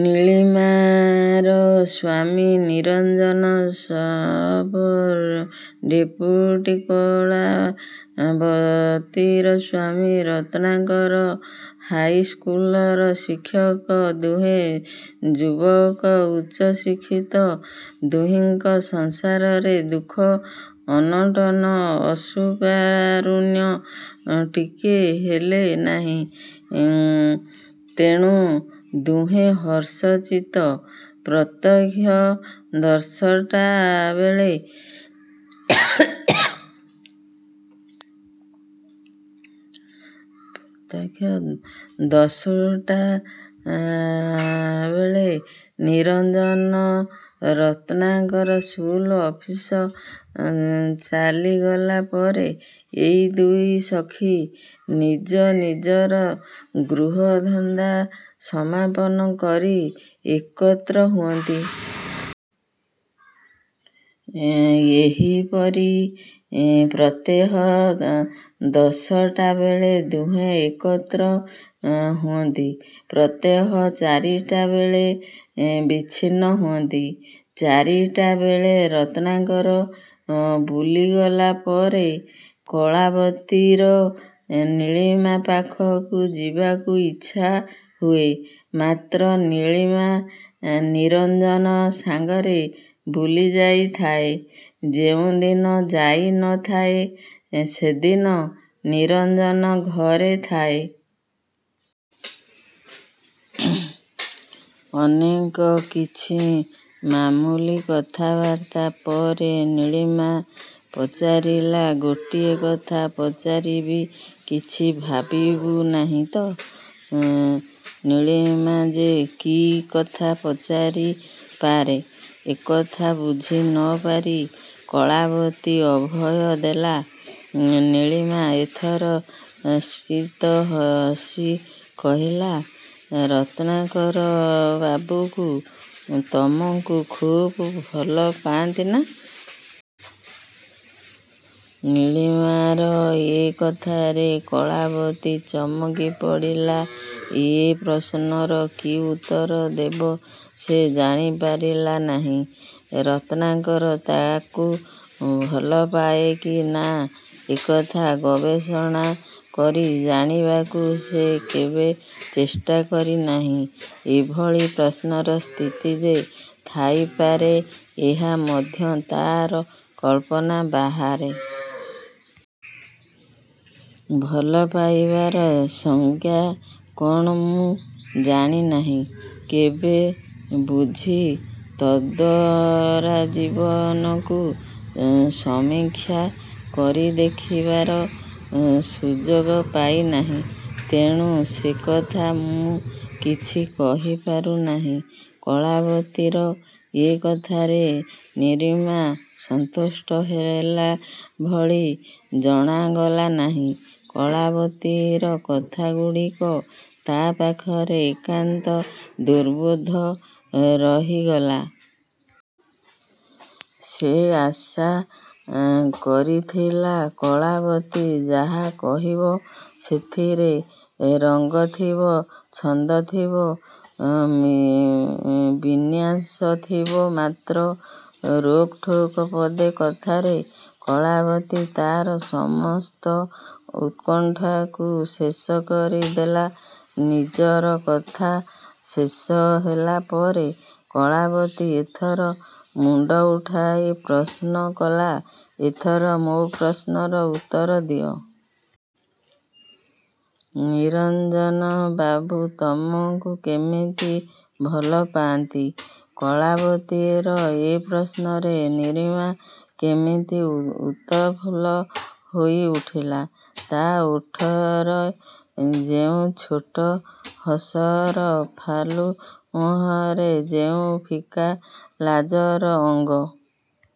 ନୀଳିମାର ସ୍ୱାମୀ ନିରଞ୍ଜନ ସବ୍‌-ଡେପୁଟି। କଳାବତୀର ସ୍ୱାମୀ ରତ୍ନାକର ହାଇସ୍କୁଲର ଶିକ୍ଷକ। ଦୁହେଁ ଯୁବକ, ଉଚ୍ଚ ଶିକ୍ଷିତ। ଦୁହିଁଙ୍କ ସଂସାରରେ ଦୁଃଖ ଅନଟନ, ଅଶ୍ରୁକାରୁଣ୍ୟ ଟିକେ ହେଲେ ନାହିଁ। ତେଣୁ ଦୁହେଁ ହର୍ଷଚିତ୍ତ। ପ୍ରତ୍ୟହ ଦଶଟା ବେଳେ ନିରଞ୍ଜନ ରତ୍ନାକର ସ୍କୁଲ, ଅଫିସ ଚାଲିଗଲା ପରେ ଏଇ ଦୁଇ ସଖୀ ନିଜ ନିଜର ଗୃହ ଧନ୍ଦା ସମାପନ କରି ଏକତ୍ର ହୁଅନ୍ତି। ଏହିପରି ପ୍ରତ୍ୟହ ଦଶଟା ବେଳେ ଦୁହେଁ ଏକତ୍ର ହୁଅନ୍ତି। ପ୍ରତ୍ୟହ ଚାରିଟା ବେଳେ ବିଚ୍ଛିନ୍ନ ହୁଅନ୍ତି। ଚାରିଟା ବେଳେ ରତ୍ନାକର ବୁଲିଗଲା ପରେ, କଳାବତୀର ନୀଳିମା ପାଖକୁ ଯିବାକୁ ଇଚ୍ଛାହୁଏ। ମାତ୍ର ନୀଳିମା ନିରଞ୍ଜନ ସାଙ୍ଗରେ ବୁଲି ଯାଇଥାଏ, ଯେଉଁଦିନ ଯାଇ ନ ଥାଏ, ସେଦିନ ନିରଞ୍ଜନ ଘରେ ଥାଏ! ଅନେକ କିଛି ମାମୁଲି କଥାବାର୍ତ୍ତା ପରେ, ନୀଳିମା ପଚାରିଲା, "ଗୋଟିଏ କଥା ପଚାରିବି, କିଛି ଭାବିବୁ ନାହିଁ ତ? "ନୀଳିମା ଯେ କି କଥା ପଚାରି ପାରେ, ଏକଥା ବୁଝି ନ ପାରି କଳାବତୀ ଅଭୟ ଦେଲା। ନୀଳିମା ଏଥର ସ୍ମିତ ହସି କହିଲା, "ରତ୍ନାକରବାବୁକୁ ତମକୁ ଖୁବ୍ ଭଲପାନ୍ତି ନା?" ନୀଳିମାର ଏ କଥାରେ କଳାବତୀ ଚମକି ପଡ଼ିଲା। ଏ ପ୍ରଶ୍ନର କି ଉତ୍ତର ଦେବ ସେ ଜାଣିପାରିଲା ନାହିଁ। ରତ୍ନାକର ତାକୁ ଭଲପାଏ କି ନା ଏକଥା ଗବେଷଣା କରି ଜାଣିବାକୁ ସେ କେବେ ଚେଷ୍ଟା କରି ନାହିଁ। ଏଭଳି ପ୍ରଶ୍ନର ସ୍ଥିତି ଯେ ଥାଇପାରେ ଏହା ମଧ୍ୟ ତା'ର କଳ୍ପନା ବାହାରେ। ଭଲ ପାଇବାର ସଂଜ୍ଞା କ'ଣ ମୁଁ ଜାଣି ନାହିଁ। କେବେ ବୁଝି ତଦ୍ଦ୍ୱାରା ଜୀବନକୁ ସମୀକ୍ଷା କରି ଦେଖିବାର ସୁଯୋଗ ପାଇ ନାହିଁ। ତେଣୁ ସେକଥା ମୁଁ କିଛି କହିପାରୁ ନାହିଁ।" କଳାବତୀର ଏକଥାରେ ନୀରିମା ସନ୍ତୁଷ୍ଟ ହେଲା ଭଳି ଜଣାଗଲା ନାହିଁ। କଳାବତୀର କଥାଗୁଡ଼ିକ ତା' ପାଖରେ ଏକାନ୍ତ ଦୁର୍ବୋଧ୍ୟ ରହିଗଲା। ସେ ଆଶା କରିଥିଲା କଳାବତୀ ଯାହା କହିବ, ସେଥିରେ ରଙ୍ଗ ଥିବ, ଛନ୍ଦ ଥିବ, ବିନ୍ୟାସ ଥିବ। ମାତ୍ର ରୋକଠୋକ୍ ପଦେ କଥାରେ କଳାବତୀ ତା'ର ସମସ୍ତ ଉତ୍କଣ୍ଠାକୁ ଶେଷ କରି ଦେଲା। ନିଜର କଥା ଶେଷ ହେଲା ପରେ, କଳାବତୀ ଏଥର ମୁଣ୍ଡ ଉଠାଇ ପ୍ରଶ୍ନ କଲା, "ଏଥର ମୋ' ପ୍ରଶ୍ନର ଉତ୍ତର ଦିଅ। ନିରଞ୍ଜନବାବୁ ତମକୁ କେମିତି ଭଲ ପାଆନ୍ତି?" କଳାବତୀର ଏ ପ୍ରଶ୍ନରେ ନୀଳିମା କେମିତି ଉତଫୁଲ୍ଲ ହୋଇ ଉଠିଲା। ତା' ଓଠର ଯେଉଁ ଛୋଟ ହସର ଫାଲୁ, ମୁହଁରେ ଯେଉଁ ଫିକା ଲାଜର ଅଙ୍ଗ।